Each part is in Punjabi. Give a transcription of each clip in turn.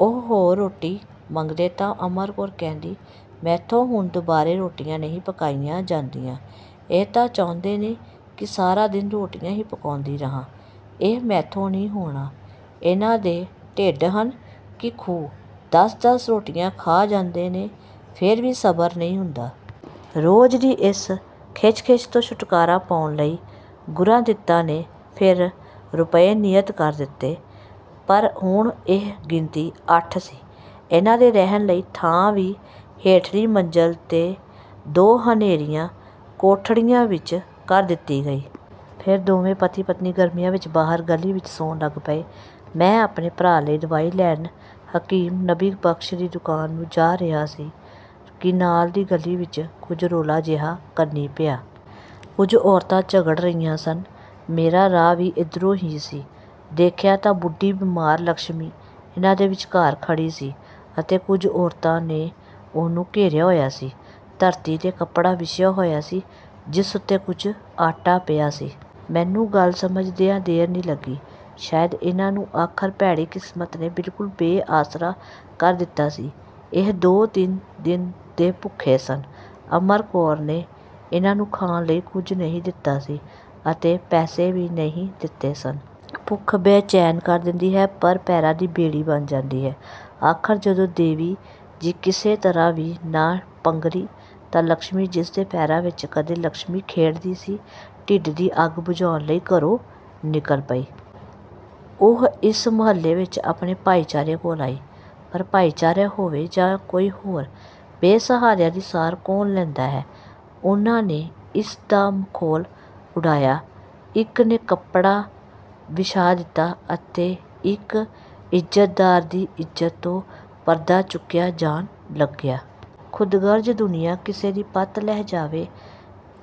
ਉਹ ਹੋਰ ਰੋਟੀ ਮੰਗਦੇ ਤਾਂ ਅਮਰ ਕੌਰ ਕਹਿੰਦੀ, "ਮੈਥੋਂ ਹੁਣ ਦੁਬਾਰੇ ਰੋਟੀਆਂ ਨਹੀਂ ਪਕਾਈਆਂ ਜਾਂਦੀਆਂ। ਇਹ ਤਾਂ ਚਾਹੁੰਦੇ ਨੇ ਕਿ ਸਾਰਾ ਦਿਨ ਰੋਟੀਆਂ ਹੀ ਪਕਾਉਂਦੀ ਰਹਾਂ। ਇਹ ਮੈਥੋਂ ਨਹੀਂ ਹੋਣਾ। ਇਨ੍ਹਾਂ ਦੇ ਢਿੱਡ ਹਨ ਕਿ ਖੂਹ, ਦਸ-ਦਸ ਰੋਟੀਆਂ ਖਾ ਜਾਂਦੇ ਨੇ, ਫਿਰ ਵੀ ਸਬਰ ਨਹੀਂ ਹੁੰਦਾ।" ਰੋਜ਼ ਦੀ ਇਸ ਖਿੱਚ-ਖਿੱਚ ਤੋਂ ਛੁਟਕਾਰਾ ਪਾਉਣ ਲਈ ਗੁਰਾਂਦਿੱਤਾ ਨੇ ਫਿਰ ਰੁਪਏ ਨਿਯਤ ਕਰ ਦਿੱਤੇ, ਪਰ ਹੁਣ ਇਹ ਗਿਣਤੀ ਅੱਠ ਸੀ। ਇਨ੍ਹਾਂ ਦੇ ਰਹਿਣ ਲਈ ਥਾਂ ਵੀ ਹੇਠਲੀ ਮੰਜ਼ਿਲ 'ਤੇ ਦੋ ਹਨੇਰੀਆਂ ਕੋਠੜੀਆਂ ਵਿੱਚ ਕਰ ਦਿੱਤੀ ਗਈ। ਫਿਰ ਦੋਵੇਂ ਪਤੀ-ਪਤਨੀ ਗਰਮੀਆਂ ਵਿੱਚ ਬਾਹਰ ਗਲੀ ਵਿੱਚ ਸੌਣ ਲੱਗ ਪਏ। ਮੈਂ ਆਪਣੇ ਭਰਾ ਲਈ ਦਵਾਈ ਲੈਣ ਹਕੀਮ ਨਬੀ ਬਖ਼ਸ਼ ਦੀ ਦੁਕਾਨ ਨੂੰ ਜਾ ਰਹੀ ਸੀ ਕਿ ਨਾਲ ਦੀ ਗਲੀ ਵਿੱਚ ਕੁਝ ਰੌਲਾ ਜਿਹਾ ਕੰਨੀਂ ਪਿਆ। ਕੁਝ ਔਰਤਾਂ ਝਗੜ ਰਹੀਆਂ ਸਨ। ਮੇਰਾ ਰਾਹ ਵੀ ਇਧਰੋਂ ਹੀ ਸੀ। ਦੇਖਿਆ ਤਾਂ ਬੁੱਢੀ ਬਿਮਾਰ ਲੱਛਮੀ ਇਨ੍ਹਾਂ ਦੇ ਵਿਚਕਾਰ ਖੜ੍ਹੀ ਸੀ ਅਤੇ ਕੁਝ ਔਰਤਾਂ ਨੇ ਉਹਨੂੰ ਘੇਰਿਆ ਹੋਇਆ ਸੀ। ਧਰਤੀ 'ਤੇ ਕੱਪੜਾ ਵਿਛਿਆ ਹੋਇਆ ਸੀ ਜਿਸ ਉੱਤੇ ਕੁਝ ਆਟਾ ਪਿਆ ਸੀ। ਮੈਨੂੰ ਗੱਲ ਸਮਝਦਿਆਂ ਦੇਰ ਨਹੀਂ ਲੱਗੀ। ਸ਼ਾਇਦ ਇਨ੍ਹਾਂ ਨੂੰ ਆਖਰ ਭੈੜੀ ਕਿਸਮਤ ਨੇ ਬਿਲਕੁਲ ਬੇਆਸਰਾ ਕਰ ਦਿੱਤਾ ਸੀ। ਇਹ ਦੋ-ਤਿੰਨ ਦਿਨ ਦੇ ਭੁੱਖੇ ਸਨ। ਅਮਰ ਕੌਰ ਨੇ ਇਨ੍ਹਾਂ ਨੂੰ ਖਾਣ ਲਈ ਕੁਝ ਨਹੀਂ ਦਿੱਤਾ ਸੀ ਅਤੇ ਪੈਸੇ ਵੀ ਨਹੀਂ ਦਿੱਤੇ ਸਨ। ਭੁੱਖ ਬੇਚੈਨ ਕਰ ਦਿੰਦੀ ਹੈ, ਪਰ ਪੈਰਾਂ ਦੀ ਬੇੜੀ ਬਣ ਜਾਂਦੀ ਹੈ। ਆਖਰ ਜਦੋਂ ਦੇਵੀ ਜੀ ਕਿਸੇ ਤਰ੍ਹਾਂ ਵੀ ਨਾ ਪੰਘਰੀ ਤਾਂ ਲੱਛਮੀ, ਜਿਸ ਦੇ ਪੈਰਾਂ ਵਿੱਚ ਕਦੇ ਲੱਛਮੀ ਖੇਡਦੀ ਸੀ, ਢਿੱਡ ਦੀ ਅੱਗ ਬੁਝਾਉਣ ਲਈ ਘਰੋਂ ਨਿਕਲ ਪਈ। ਉਹ ਇਸ ਮੁਹੱਲੇ ਵਿੱਚ ਆਪਣੇ ਭਾਈਚਾਰੇ ਕੋਲ ਆਈ, ਪਰ ਭਾਈਚਾਰਾ ਹੋਵੇ ਜਾਂ ਕੋਈ ਹੋਰ, ਬੇ-ਸਹਾਰਿਆਂ ਦੀ ਸਾਰ ਕੌਣ ਲੈਂਦਾ ਹੈ। ਉਨ੍ਹਾਂ ਨੇ ਇਸ ਦਾ ਮਖੌਲ ਉਡਾਇਆ। ਇੱਕ ਨੇ ਕੱਪੜਾ ਵਿਛਾ ਦਿੱਤਾ ਅਤੇ ਇੱਕ ਇੱਜ਼ਤਦਾਰ ਦੀ ਇੱਜ਼ਤ ਤੋਂ ਪਰਦਾ ਚੁੱਕਿਆ ਜਾਣ ਲੱਗਿਆ। ਖ਼ੁਦਗਰਜ਼ ਦੁਨੀਆਂ, ਕਿਸੇ ਦੀ ਪਤ ਲਹਿ ਜਾਵੇ,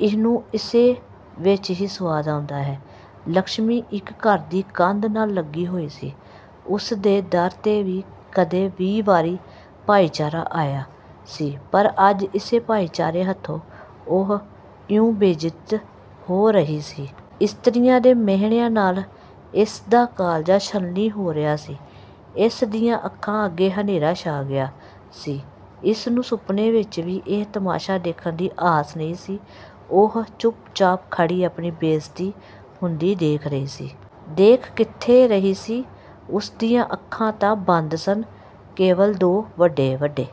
ਇਹਨੂੰ ਇਸੇ ਵਿੱਚ ਹੀ ਸੁਆਦ ਆਉਂਦਾ ਹੈ। ਲੱਛਮੀ ਇੱਕ ਘਰ ਦੀ ਕੰਧ ਨਾਲ ਲੱਗੀ ਹੋਈ ਸੀ। ਉਸ ਦੇ ਦਰ 'ਤੇ ਵੀ ਕਦੇ ਵੀਹ ਵਾਰੀ ਭਾਈਚਾਰਾ ਆਇਆ ਸੀ, ਪਰ ਅੱਜ ਇਸੇ ਭਾਈਚਾਰੇ ਹੱਥੋਂ ਉਹ ਇਉਂ ਬੇਇਜ਼ਤ ਹੋ ਰਹੀ ਸੀ। ਇਸਤਰੀਆਂ ਦੇ ਮਿਹਣਿਆਂ ਨਾਲ ਇਸ ਦਾ ਕਾਲਜਾ ਛਲਣੀ ਹੋ ਰਿਹਾ ਸੀ। ਇਸ ਦੀਆਂ ਅੱਖਾਂ ਅੱਗੇ ਹਨੇਰਾ ਛਾ ਗਿਆ ਸੀ। ਇਸ ਨੂੰ ਸੁਪਨੇ ਵਿੱਚ ਵੀ ਇਹ ਤਮਾਸ਼ਾ ਦੇਖਣ ਦੀ ਆਸ ਨਹੀਂ ਸੀ। ਉਹ ਚੁੱਪ-ਚਾਪ ਖੜ੍ਹੀ ਆਪਣੀ ਬੇਇਜ਼ਤੀ ਹੁੰਦੀ ਦੇਖ ਰਹੀ ਸੀ। ਦੇਖ ਕਿੱਥੇ ਰਹੀ ਸੀ, ਉਸ ਦੀਆਂ ਅੱਖਾਂ ਤਾਂ ਬੰਦ ਸਨ, ਕੇਵਲ ਦੋ ਵੱਡੇ-ਵੱਡੇ